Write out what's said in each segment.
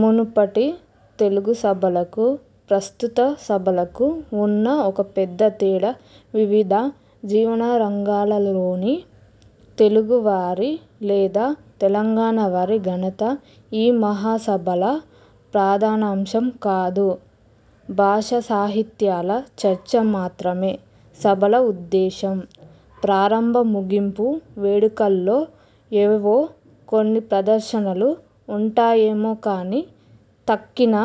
మునుపటి తెలుగు సభలకు, ప్రస్తుత సభలకు ఉన్న ఒక పెద్దతేడా, వివిధ జీవనరంగాలలోని తెలుగు వారి లేదా తెలంగాణ వారి ఘనత ఈ మహాసభల ప్రధానాంశం కాదు. భాషాసాహిత్యాల చర్చ మాత్రమే సభల ఉద్దేశ్యం. ప్రారంభ, ముగింపు వేడుకల్లో ఏవో కొన్ని ప్రదర్శనలు ఉంటాయేమో కానీ, తక్కిన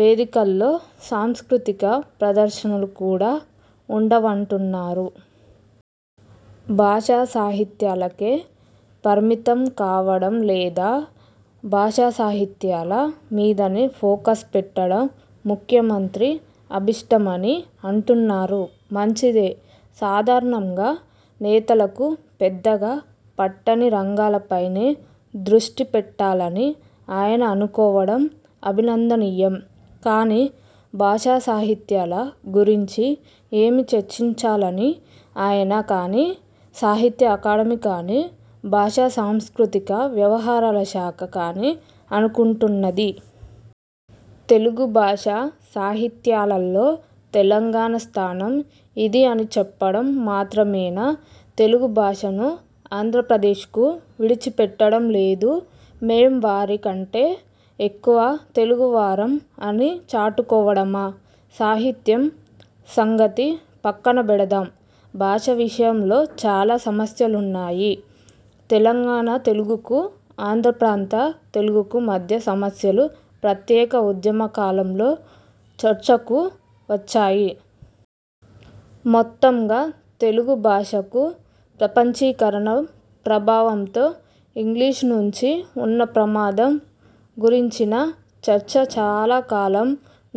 వేదికల్లో సాంస్కృతిక ప్రదర్శనలు కూడా ఉండవంటున్నారు. భాషాసాహిత్యాలకే పరిమితం కావడం లేదా భాషాసాహిత్యాల మీదనే ఫోకస్ పెట్టడం– ముఖ్యమంత్రి అభీష్టమని అంటున్నారు. మంచిదే. సాధారణంగా నేతలకు పెద్దగా పట్టని రంగాలపైనే దృష్టిపెట్టాలని ఆయన అనుకోవడం అభినందనీయం. కానీ, భాషాసాహిత్యాల గురించి ఏమి చర్చించాలని ఆయన కానీ, సాహిత్య అకాడమీ కానీ, భాషాసాంస్కృతిక వ్యవహారాల శాఖ కానీ అనుకుంటున్నది? తెలుగుభాషా సాహిత్యాలలో తెలంగాణ స్థానం ఇదీ అని చెప్పడం మాత్రమేనా, తెలుగు భాషను ఆంధ్రప్రదేశ్కు విడిచిపెట్టడం లేదు, మేం వారి కంటె ఎక్కువ తెలుగువారం అని చాటుకోవడమా? సాహిత్యం సంగతి పక్కనబెడదాం. భాష విషయంలో చాలా సమస్యలున్నాయి. తెలంగాణ తెలుగుకు, ఆంధ్రప్రాంత తెలుగుకు మధ్య సమస్యలు ప్రత్యేక ఉద్యమకాలంలో చర్చకు వచ్చాయి. మొత్తంగా తెలుగు భాషకు– ప్రపంచీకరణ ప్రభావంతో ఇంగ్లీషు నుంచి ఉన్న ప్రమాదం గురించిన చర్చ చాలాకాలం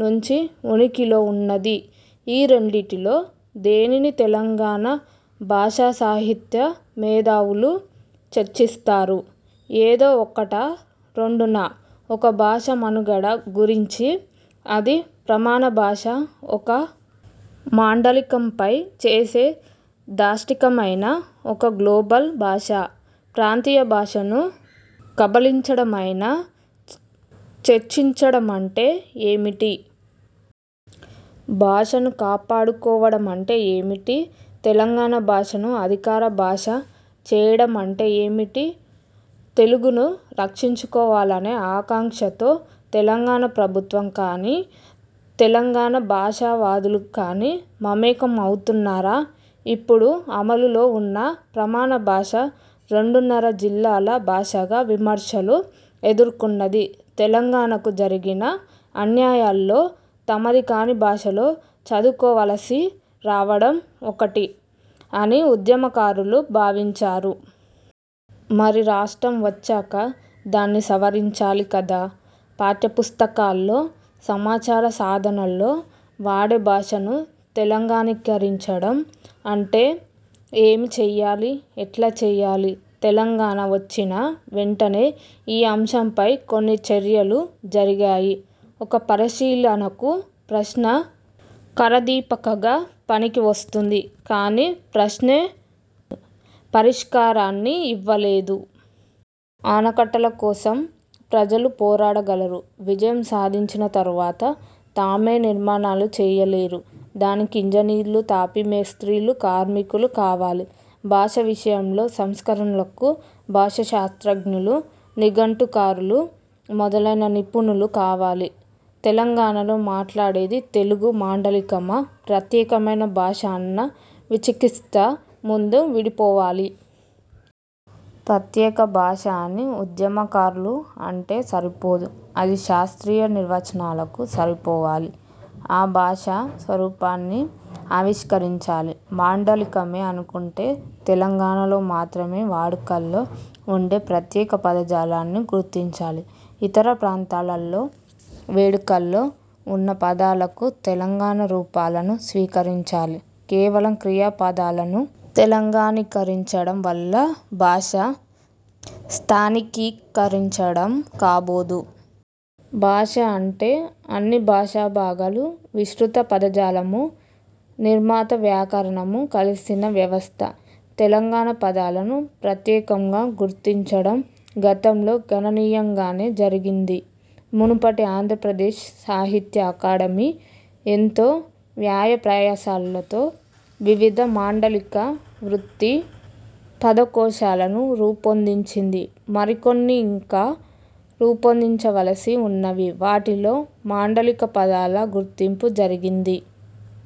నుంచి ఉనికిలో ఉన్నది. ఈ రెంటిలో దేనిని తెలంగాణ భాషాసాహిత్య మేధావులు చర్చిస్తారు? ఏదో ఒకటా, రెండూనా? ఒక భాష మనుగడ గురించి, అది ప్రమాణభాష ఒక మాండలికంపై చేసే దాష్టీకమైనా, ఒక గ్లోబల్ భాష ప్రాంతీయ భాషను కబళించడమైనా, చర్చించడమంటే ఏమిటి? భాషను కాపాడుకోవడమంటే ఏమిటి? 'తెలంగాణ భాష'ను అధికారభాష చేయడమంటే ఏమిటి? తెలుగును రక్షించుకోవాలనే ఆకాంక్షతో తెలంగాణ ప్రభుత్వం కానీ, తెలంగాణ భాషావాదులు కానీ మమేకం అవుతున్నారా? ఇప్పుడు అమలులో ఉన్న ప్రమాణ భాష 'రెండున్నర జిల్లాల' భాషగా విమర్శలు ఎదుర్కొన్నది. తెలంగాణకు జరిగిన అన్యాయాల్లో తమది కాని భాషలో చదువుకోవలసి రావడం ఒకటి అని ఉద్యమకారులు భావించారు. మరి రాష్ట్రం వచ్చాక, దాన్ని సవరించాలి కదా? పాఠ్యపుస్తకాల్లో, సమాచార సాధనాల్లో వాడే భాషను తెలంగాణీకరించడం అంటే ఏమి చేయాలి, ఎట్లా చేయాలి? తెలంగాణ వచ్చిన వెంటనే ఈ అంశంపై కొన్ని చర్చలు జరిగాయి. ఒక పరిశీలనకు ప్రశ్న కరదీపికగా పనికివస్తుంది కానీ, ప్రశ్నే పరిష్కారాన్ని ఇవ్వలేదు. ఆనకట్టల కోసం ప్రజలు పోరాడగలరు, విజయం సాధించిన తరువాత తామే నిర్మాణాలు చేయలేరు. దానికి ఇంజనీర్లు, తాపీమేస్త్రీలు, కార్మికులు కావాలి. భాష విషయంలో సంస్కరణలకు భాషాశాస్త్రజ్ఞులు, నిఘంటుకారులు మొదలైన నిపుణులు కావాలి. తెలంగాణలో మాట్లాడేది తెలుగు మాండలికమా? ప్రత్యేకమైన భాషా– అన్న విచికిత్స ముందు విడిపోవాలి. ప్రత్యేకభాష అని ఉద్యమకారులు అంటే సరిపోదు. అది శాస్త్రీయ నిర్వచనాలకు సరిపోవాలి. ఆ భాష స్వరూపాన్ని ఆవిష్కరించాలి. మాండలికమే అనుకుంటే, తెలంగాణలో మాత్రమే వాడుకలో ఉండే ప్రత్యేక పదజాలాన్ని గుర్తించాలి. ఇతర ప్రాంతాలలో వాడుకలో ఉన్న పదాలకు తెలంగాణ రూపాలను స్వీకరించాలి. కేవలం క్రియాపదాలను తెలంగాణీకరించడం వల్ల భాష స్థానికీకరించడం కాబోదు. భాష అంటే అన్ని భాషాభాగాలూ, విస్తృత పదజాలమూ, నిర్మిత వ్యాకరణమూ కలసిన వ్యవస్థ. తెలంగాణ పదాలను ప్రత్యేకంగా గుర్తించడం గతంలో గణనీయంగానే జరిగింది. మునుపటి ఆంధ్రప్రదేశ్ సాహిత్య అకాడమీ ఎంతో వ్యయప్రయాసలతో వివిధ మాండలిక వృత్తి పదకోశాలను రూపొందించింది. మరికొన్ని ఇంకా రూపొందించవలసి ఉన్నవి. వాటిలో మాండలిక పదాల గుర్తింపు జరిగింది.